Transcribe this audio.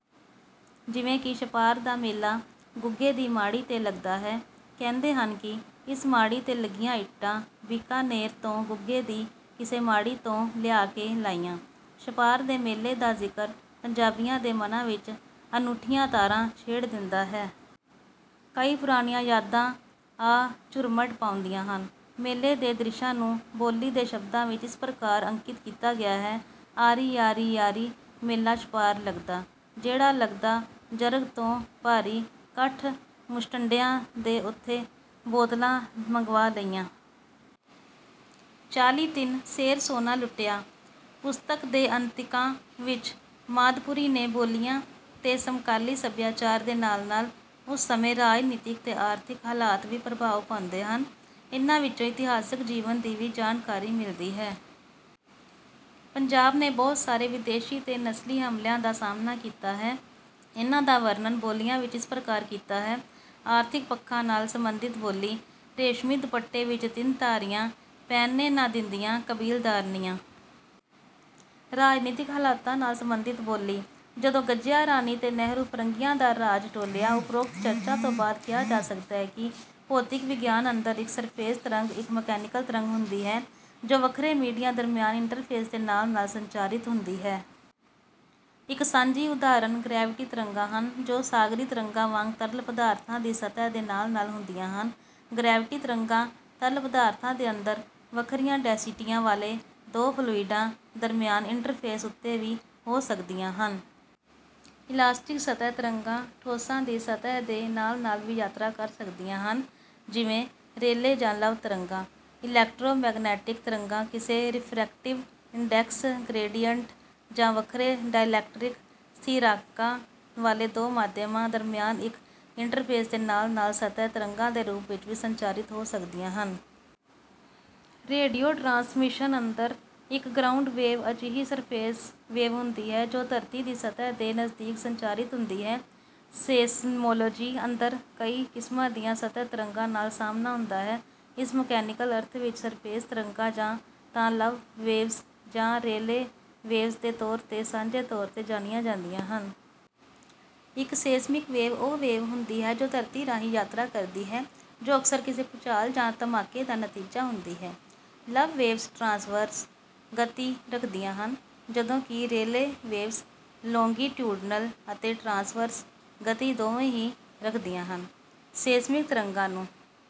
ਜਿਵੇਂ ਕਿ ਛਪਾਰ ਦਾ ਮੇਲਾ ਗੁੱਗੇ ਦੀ ਮਾੜੀ 'ਤੇ ਲੱਗਦਾ ਹੈ। ਕਹਿੰਦੇ ਹਨ ਕਿ ਇਸ ਮਾੜੀ 'ਤੇ ਲੱਗੀਆਂ ਇੱਟਾਂ ਬੀਕਾਨੇਰ ਤੋਂ ਗੁੱਗੇ ਦੀ ਕਿਸੇ ਮਾੜੀ ਤੋਂ ਲਿਆ ਕੇ ਲਾਈਆਂ। ਛਪਾਰ ਦੇ ਮੇਲੇ ਦਾ ਜ਼ਿਕਰ ਪੰਜਾਬੀਆਂ ਦੇ ਮਨਾਂ ਵਿੱਚ ਅਨੂਠੀਆਂ ਤਾਰਾਂ ਛੇੜ ਦਿੰਦਾ ਹੈ। ਕਈ ਪੁਰਾਣੀਆਂ ਯਾਦਾਂ ਆ ਝੁਰਮਟ ਪਾਉਂਦੀਆਂ ਹਨ। ਮੇਲੇ ਦੇ ਦ੍ਰਿਸ਼ਾਂ ਨੂੰ ਬੋਲੀ ਦੇ ਸ਼ਬਦਾਂ ਵਿੱਚ ਇਸ ਪ੍ਰਕਾਰ ਅੰਕਿਤ ਕੀਤਾ ਗਿਆ ਹੈ- "ਆਰੀ ਆਰੀ ਆਰੀ, ਮੇਲਾ ਛਪਾਰ ਲੱਗਦਾ। ਜਿਹੜਾ ਲੱਗਦਾ ਜਰਗ ਤੋਂ ਭਾਰੀ, ਕੱਠ ਮੁਸ਼ਟੰਡਿਆਂ ਦੇ ਉੱਥੇ ਬੋਤਲਾਂ ਮੰਗਵਾ ਲਈਆਂ। ਚਾਲੀ ਤਿੰਨ ਸੇਰ ਸੋਨਾ ਲੁਟਿਆ।" ਪੁਸਤਕ ਦੇ ਅੰਤਿਕਾ ਵਿੱਚ ਮਾਦਪੁਰੀ ਨੇ ਬੋਲੀਆਂ ਤੇ ਸਮਕਾਲੀ ਸਭਿਆਚਾਰ ਦੇ ਨਾਲ-ਨਾਲ ਉਸ ਸਮੇਂ ਰਾਜਨੀਤਿਕ ਤੇ ਆਰਥਿਕ ਹਾਲਾਤ ਵੀ ਪ੍ਰਭਾਵ ਪਾਉਂਦੇ ਹਨ। ਇਹਨਾਂ ਵਿੱਚੋਂ ਇਤਿਹਾਸਕ ਜੀਵਨ ਦੀ ਵੀ ਜਾਣਕਾਰੀ ਮਿਲਦੀ ਹੈ। ਪੰਜਾਬ ਨੇ ਬਹੁਤ ਸਾਰੇ ਵਿਦੇਸ਼ੀ ਤੇ ਨਸਲੀ ਹਮਲਿਆਂ ਦਾ ਸਾਹਮਣਾ ਕੀਤਾ ਹੈ। ਇਹਨਾਂ ਦਾ ਵਰਣਨ ਬੋਲੀਆਂ ਵਿੱਚ ਇਸ ਪ੍ਰਕਾਰ ਕੀਤਾ ਹੈ। ਆਰਥਿਕ ਪੱਖਾਂ ਨਾਲ ਸੰਬੰਧਿਤ ਬੋਲੀ- "ਰੇਸ਼ਮੀ ਦੁੱਪਟੇ ਵਿੱਚ ਤਿੰਨ ਧਾਰੀਆਂ, ਪਹਿਨਣੇ ਨਾ ਦਿੰਦੀਆਂ ਕਬੀਲਦਾਰਨੀਆਂ।" ਰਾਜਨੀਤਿਕ ਹਾਲਤਾਂ ਨਾਲ ਸੰਬੰਧਿਤ ਬੋਲੀ- "ਜਦੋਂ ਗੱਜਿਆ ਰਾਣੀ ਤੇ ਨਹਿਰੂ, ਫਰੰਗੀਆਂ ਦਾ ਰਾਜ ਡੋਲਿਆ।" ਉਪਰੋਕਤ ਚਰਚਾ ਤੋਂ ਬਾਅਦ ਕਿਹਾ ਜਾ ਸਕਦਾ ਹੈ ਕਿ ਭੌਤਿਕ ਵਿਗਿਆਨ ਅੰਦਰ, ਇੱਕ ਸਰਫੇਸ ਤਰੰਗ ਇੱਕ ਮਕੈਨੀਕਲ ਤਰੰਗ ਹੁੰਦੀ ਹੈ ਜੋ ਵੱਖਰੇ ਮੀਡੀਆ ਦਰਮਿਆਨ ਇੰਟ੍ਰਫੇਸ ਦੇ ਨਾਲ-ਨਾਲ ਸੰਚਾਰਿਤ ਹੁੰਦੀ ਹੈ। ਇੱਕ ਸਾਂਝੀ ਉਦਾਹਰਨ ਗਰੈਵਿਟੀ ਤਰੰਗਾਂ ਹਨ ਜੋ ਸਾਗਰੀ ਤਰੰਗਾਂ ਵਾਂਗ ਤਰਲ ਪਦਾਰਥਾਂ ਦੀ ਸਤਹਿ ਦੇ ਨਾਲ-ਨਾਲ ਹੁੰਦੀਆਂ ਹਨ। ਗਰੈਵਿਟੀ ਤਰੰਗਾਂ ਤਰਲ ਪਦਾਰਥਾਂ ਦੇ ਅੰਦਰ ਵੱਖਰੀਆਂ ਡੈਂਸਿਟੀਆਂ ਵਾਲੇ ਦੋ ਫਲੂਈਡਾਂ ਦਰਮਿਆਨ ਇੰਟ੍ਰਫੇਸ ਉੱਤੇ ਵੀ ਹੋ ਸਕਦੀਆਂ ਹਨ। ਇਲਾਸਟਿਕ ਸਤਹਿ ਤਰੰਗਾਂ ਠੋਸਾਂ ਦੀ ਸਤਹਿ ਦੇ ਨਾਲ-ਨਾਲ ਵੀ ਯਾਤਰਾ ਕਰ ਸਕਦੀਆਂ ਹਨ, ਜਿਵੇਂ ਰੇਲੇ ਜਾਂ ਲਵ ਤਰੰਗਾਂ। ਇਲੈਕਟ੍ਰੋਮੈਗਨੈਟਿਕ ਤਰੰਗਾਂ ਕਿਸੇ ਰਿਫ੍ਰੈਕਟਿਵ ਇੰਡੈਕਸ ਗ੍ਰੇਡੀਅੰਟ, ਜਾਂ ਵੱਖਰੇ ਡਾਇਲੈਕਟ੍ਰਿਕ ਸਥਿਰਾਂਕਾਂ ਵਾਲੇ ਦੋ ਮਾਧਿਅਮਾਂ ਦਰਮਿਆਨ ਇੱਕ ਇੰਟ੍ਰਫੇਸ ਦੇ ਨਾਲ-ਨਾਲ ਸਤਹਿ ਤਰੰਗਾਂ ਦੇ ਰੂਪ ਵਿੱਚ ਵੀ ਸੰਚਾਰਿਤ ਹੋ ਸਕਦੀਆਂ ਹਨ। ਰੇਡੀਓ ਟਰਾਂਸਮਿਸ਼ਨ ਅੰਦਰ, ਇੱਕ ਗਰਾਊਂਡ ਵੇਵ ਅਜਿਹੀ ਸਰਫੇਸ ਵੇਵ ਹੁੰਦੀ ਹੈ ਜੋ ਧਰਤੀ ਦੀ ਸਤਹਿ ਦੇ ਨਜ਼ਦੀਕ ਸੰਚਾਰਿਤ ਹੁੰਦੀ ਹੈ। ਸੇਸਮੋਲੌਜੀ ਅੰਦਰ, ਕਈ ਕਿਸਮਾਂ ਦੀਆਂ ਸਤਹਿ ਤਰੰਗਾਂ ਨਾਲ ਸਾਹਮਣਾ ਹੁੰਦਾ ਹੈ। ਇਸ ਮਕੈਨੀਕਲ ਅਰਥ ਵਿੱਚ, ਸਰਫੇਸ ਤਰੰਗਾਂ, ਜਾਂ ਤਾਂ ਲਵ ਵੇਵਜ਼ ਜਾਂ ਰੇਲੇ ਵੇਵਜ਼ ਦੇ ਤੌਰ ਤੇ ਸਾਂਝੇ ਤੌਰ ਤੇ ਜਾਣੀਆਂ ਜਾਂਦੀਆਂ ਹਨ। ਇੱਕ ਸੇਸਮਿਕ ਵੇਵ ਉਹ ਵੇਵ ਹੁੰਦੀ ਹੈ ਜੋ ਧਰਤੀ ਰਾਹੀਂ ਯਾਤਰਾ ਕਰਦੀ ਹੈ, ਜੋ ਅਕਸਰ ਕਿਸੇ ਭੂਚਾਲ ਜਾਂ ਧਮਾਕੇ ਦਾ ਨਤੀਜਾ ਹੁੰਦੀ ਹੈ। ਲਵ ਵੇਵਜ਼ ਟ੍ਰਾਂਸਵਰਸ ਗਤੀ ਰੱਖਦੀਆਂ ਹਨ, ਜਦੋਂਕਿ ਰੇਲੇ ਵੇਵਜ਼ ਲੌਂਗੀਟਿਊਡਨਲ ਅਤੇ ਟ੍ਰਾਂਸਵਰਸ ਗਤੀ ਦੋਵੇਂ ਹੀ ਰੱਖਦੀਆਂ ਹਨ। ਸੇਸਮਿਕ ਤਰੰਗਾਂ ਨੂੰ